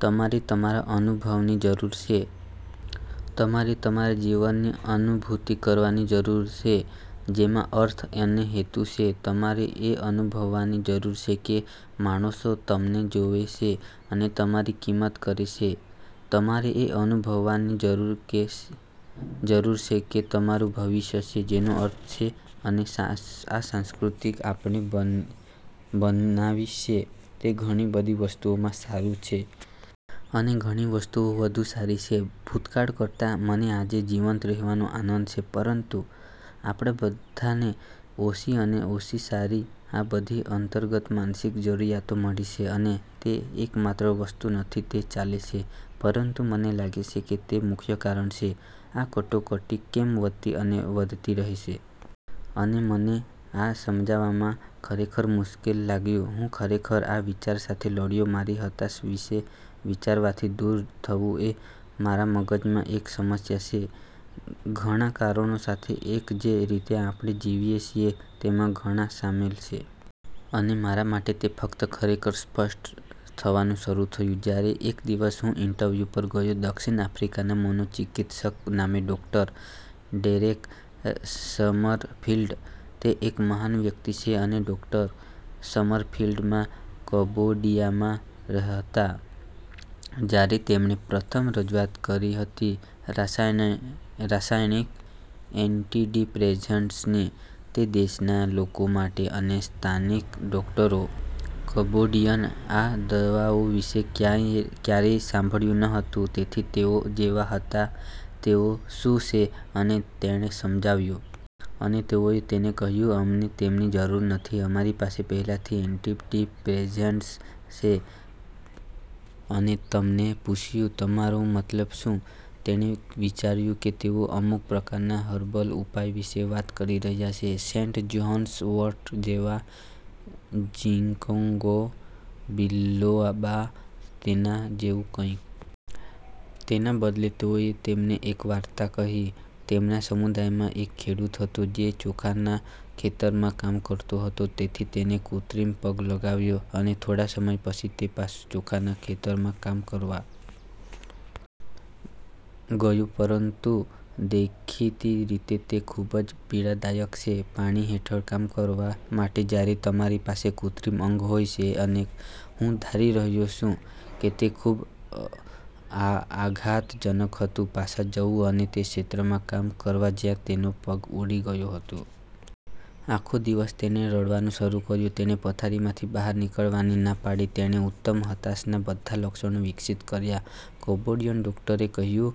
તમારે તમારા અનુભવની જરૂર છે. તમારે તમારા જીવનની અનુભૂતિ કરવાની જરૂર છે, જેમાં અર્થ અને હેતુ છે. તમારે એ અનુભવવાની જરૂર છે કે માણસો તમને જોવે છે અને તમારી કિંમત કરે છે. તમારે એ અનુભવવાની જરૂર છે કે તમારું ભવિષ્ય છે જેનો અર્થ છે અને આ સંસ્કૃતિ આપણે બનાવી છે તે ઘણી બધી વસ્તુઓમાં સારું છે. અને ઘણી વસ્તુઓ વધુ સારી છે ભૂતકાળ કરતાં. મને આજે જીવંત રહેવાનો આનંદ છે, પરંતુ આપણા બધાને ઓછી અને ઓછી સારી આ બધી અંતર્ગત માનસિક જરૂરિયાતો મળી છે. અને તે એકમાત્ર વસ્તુ નથી જે ચાલે છે, પરંતુ મને લાગે છે કે તે મુખ્ય કારણ છે આ કટોકટી કેમ વધતી અને વધતી રહે છે. અને મને આ સમજવામાં ખરેખર મુશ્કેલ લાગ્યું. હું ખરેખર આ વિચાર સાથે લડ્યો મારી હતાશા વિશે વિચારવાથી દૂર થવું એ મારા મગજમાં એક સમસ્યા છે, ઘણા કારણો સાથે એક, જે રીતે આપણે જીવીએ છીએ તેમાં ઘણા શામેલ છે. અને મારા માટે તે ફક્ત ખરેખર સ્પષ્ટ થવાનું શરૂ થયું, જ્યારે એક દિવસ હું ઇન્ટરવ્યૂ પર ગયો દક્ષિણ આફ્રિકાના મનોચિકિત્સક નામે ડૉક્ટર. Derek Sommerfeld. તે એક મહાન વ્યક્તિ છે. અને ડોક્ટર. સમરફિલ્ડ માં કંબોડિયામાં હતા, જ્યારે તેમણે પ્રથમ રજૂઆત કરી હતી રાસાયણિક એન્ટીડિપ્રેસન્ટ્સની તે દેશના લોકો માટે અને સ્થાનિક ડોકટરો, કંબોડિયન, આ દવાઓ વિશે ક્યારેય સાંભળ્યું ન હતું, તેથી તેઓ જેવા હતા, તેઓ શું છે અને તેણે સમજાવ્યું. અને તેઓએ તેને કહ્યું, અમને તેમની જરૂર નથી, અમારી પાસે પહેલાથી એન્ટીડિપ્રેસન્ટ્સ છે અને તેમને પૂછ્યું, "તમારો મતલબ શું? " તેણે વિચાર્યું કે તેઓ અમુક પ્રકારના હર્બલ ઉપાય વિશે વાત કરી રહ્યા છે, સેન્ટ જ્હોન્સ વોર્ટ જેવા, જિંકગો બિલોબા, તેના જેવું કંઇક. તેના બદલે, તેઓએ તેમને એક વાર્તા કહી. તેમના સમુદાયમાં એક ખેડૂત હતો જે ચોખાના ખેતરમાં કામ કરતો હતો. તેથી તેને કૃત્રિમ પગ લગાવ્યો, અને થોડા સમય પછી, તે પાછો ચોખાના ખેતરોમાં કામ કરવા ગયો, પરંતુ દેખીતી રીતે, તે ખૂબ જ પીડાદાયક છે પાણી હેઠળ કામ કરવા માટે જ્યારે તમારી પાસે કૃત્રિમ અંગ હોય છે, અને હું ધારી રહ્યો છું કે તે ખૂબ આઘાતજનક હતું પાછા જવું અને તે ક્ષેત્રમાં કામ કરવું જ્યાં તેનો પગ ઉડી ગયો હતો. આખો દિવસ તેણે રડવાનું શરૂ કર્યું, તેણે પથારીમાંથી બહાર નીકળવાની ના પાડી, તેણે ઉત્તમ હતાશાના બધા લક્ષણો વિકસિત કર્યા. કંબોડિયન ડોકટરે કહ્યું,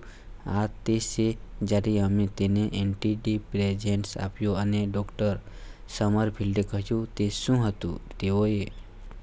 "આ તે છે જ્યારે અમે તેને એન્ટીડિપ્રેસન્ટ આપ્યો. " અને ડોક્ટર. સમરફિલ્ડે કહ્યું, "તે શું હતું? " તેઓએ